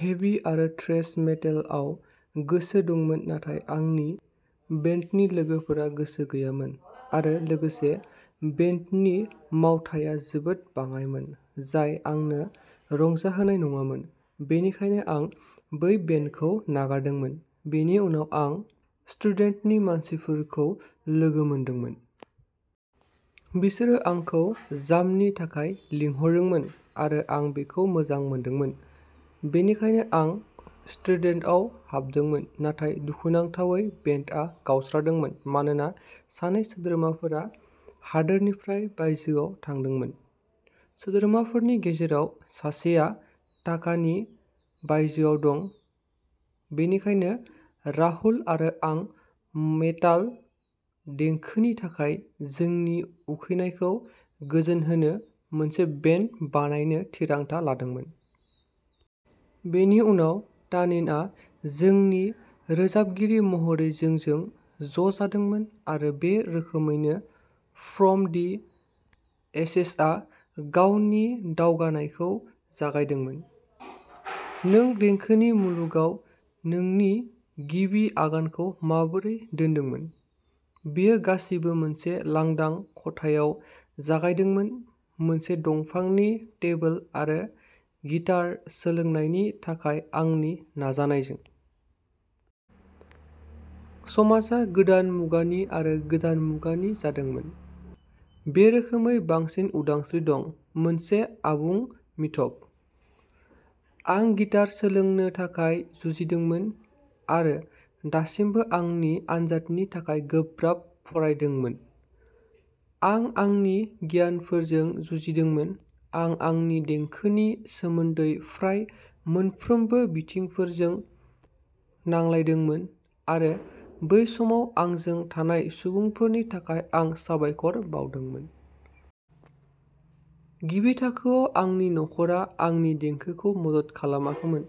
हेभि आरो थ्रेश मेटालआव गोसो दंमोन नाथाय आंनि बेन्डनि लोगोफोरा गोसो गैयामोन, आरो लोगोसे, बेन्डनि मावथाया जोबोद बाङाइमोन, जाय आंनो रंजाहोनाय नङामोन। बेनिखायनो, आं बै बेन्डखौ नागारदोंमोन। बेनि उनाव, आं स्ट्रिडेन्टनि मानसिफोरखौ लोगो मोनदोंमोन। बिसोरो आंखौ जामनि थाखाय लिंहरदोंमोन, आरो आं बेखौ मोजां मोनदोंमोन। बेनिखायनो, आं स्ट्रिडेन्टआव हाबदोंमोन, नाथाय दुखुनांथावै बेन्डआ गावस्रादोंमोन मानोना सानै सोद्रोमाफोरा हादोरनिफ्राय बायजोआव थांदोंमोन। सोद्रोमाफोरनि गेजेराव सासेआ ढाकानि बायजोआव दं। बेनिखायनो, राहुल आरो आं मेटाल देंखोनि थाखाय जोंनि उखैनायखौ गोजोनहोनो मोनसे बेन्ड बानायनो थिरांथा लादोंमोन। बेनि उनाव तानिनआ जोंनि रोजाबगिरि महरै जोंजों ज'जादोंमोन आरो बे रोखोमैनो फ्रम दि एशेसआ गावनि दावबायनायखौ जागायदोंमोन। नों देंखोनि मुलुगाव नोंनि गिबि आगानखौ माबोरै दोनदोंमोन? बेयो गासिबो मोनसे लांदां खथायाव जागायदोंमोन, मोनसे दंफांनि टेबोल आरो गिटार सोलोंनायनि थाखाय आंनि नाजानायजों। "समाजआ गोदान मुगानि आरो गोदान मुगानि जादोंमोन। बे रोखोमै बांसिन उदांस्रि दं, मोनसे आबुं मिथक। आं गिटार सोलोंनो थाखाय जुजिदोंमोन आरो दासिमबो आंनि आनजादनि थाखाय गोब्राब फरायदोंमोन। आं आंनि गियारफोरजों जुजिदोंमोन। आं आंनि देंखोनि सोमोन्दै फ्राय मोनफ्रोमबो बिथिंफोरजों नांलायदोंमोन आरो बै समाव आंजों थानाय सुबुंफोरनि थाखाय आं साबायखर बावदोंमोन। गिबि थाखोआव, आंनि नखरा आंनि देंखोखौ मदद खालामाखैमोन।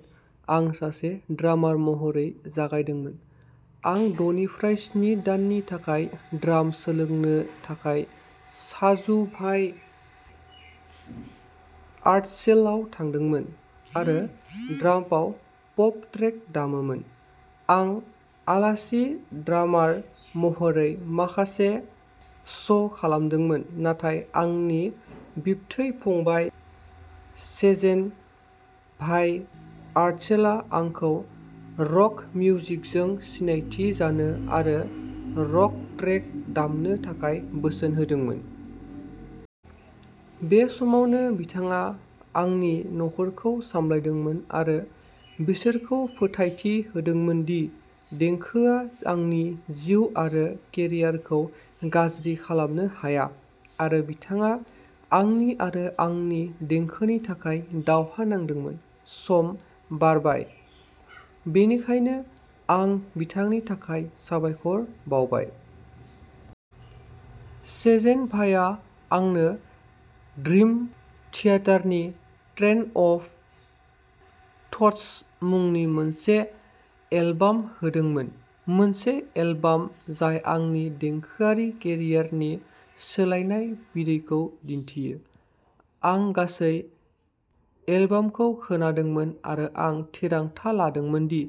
आं सासे ड्रामार महरै जागायदोंमोन। आं द'निफ्राय स्नि दाननि थाखाय ड्राम सोलोंनो थाखाय शाजु भाइ आर्टसेल आव थांदोंमोन। आं ड्रामाव पप ट्रेक दामोमोन। आं आलासि ड्रामार महरै माखासे श'खालामदोंमोन नाथाय आंनि बिबथै फंबाय, सेजेन भाई आर्टसेल आ आंखौ रक मिउजिकजों सिनायथि जानो आरो रक ट्रेक दामनो थाखाय बोसोन होदोंमोन। बे समावनो, बिथाङा आंनि नखरखौ सामलायदोंमोन आरो बिसोरखौ फोथायथि होदोंमोन दि देंखोआ आंनि जिउ आरो केरियारखौ गाज्रि खालामनो हाया आरो बिथाङा आंनि आरो आंनि देंखोनि थाखाय दावहा नांदोंमोन। सम बारबाय। बेनिखायनो, आं बिथांनि थाखाय साबायखर बावबाय। सेजेन भायआ आंनो ड्रिम थियेटारनि ट्रेन अफ थट्स मुंनि मोनसे एलबाम होदोंमोन-मोनसे एलबाम जाय आंनि देंखोआरि केरियारनि सोलायनाय बिन्दोखौ दिन्थियो। आं गासै एलबामखौ खोनादोंमोन आरो आं थिरांथा लादोंमोन दि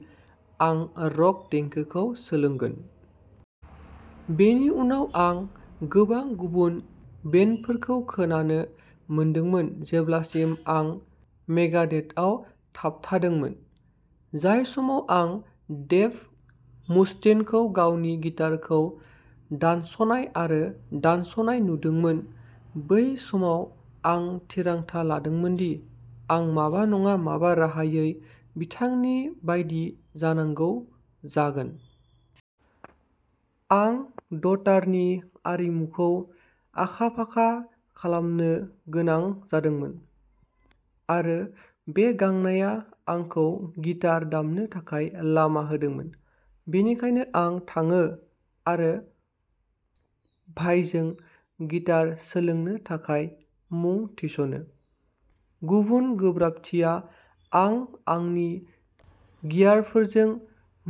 आं रक देंखोखौ सोलोंगोन। बेनि उनाव आं गोबां गुबुन बेन्डफोरखौ खोनानो मोनदोंमोन जेब्लासिम आं मेगाडेथआव थाबथादोंमोन। जाय समाव आं डेभ मुस्टेनखौ गावनि गिटारखौ दानस'नाय आरो दानस'नाय नुदोंमोन, बै समाव आं थिरांथा लादोंमोन दि आं माबा नङा माबा राहायै बिथांनि बायदि जानांगौ जागोन। आं द'तारनि आरिमुखौ आखा-फाखा खालामनो गोनां जादोंमोन, आरो बे गांनाया आंखौ गिटार दामनो थाखाय लामा होदोंमोन। बेनिखायनो, आं थाङो आरो कमल भायजों गिटार सोलोंनो थाखाय मुं थिसनो। गुबुन गोब्राबथिया आं आंनि गियारफोरजों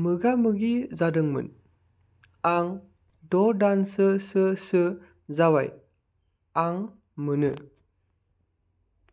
मोगा-मोगि जादोंमोन। आं द'दानसोसोसो जाबाय। आं मोनो।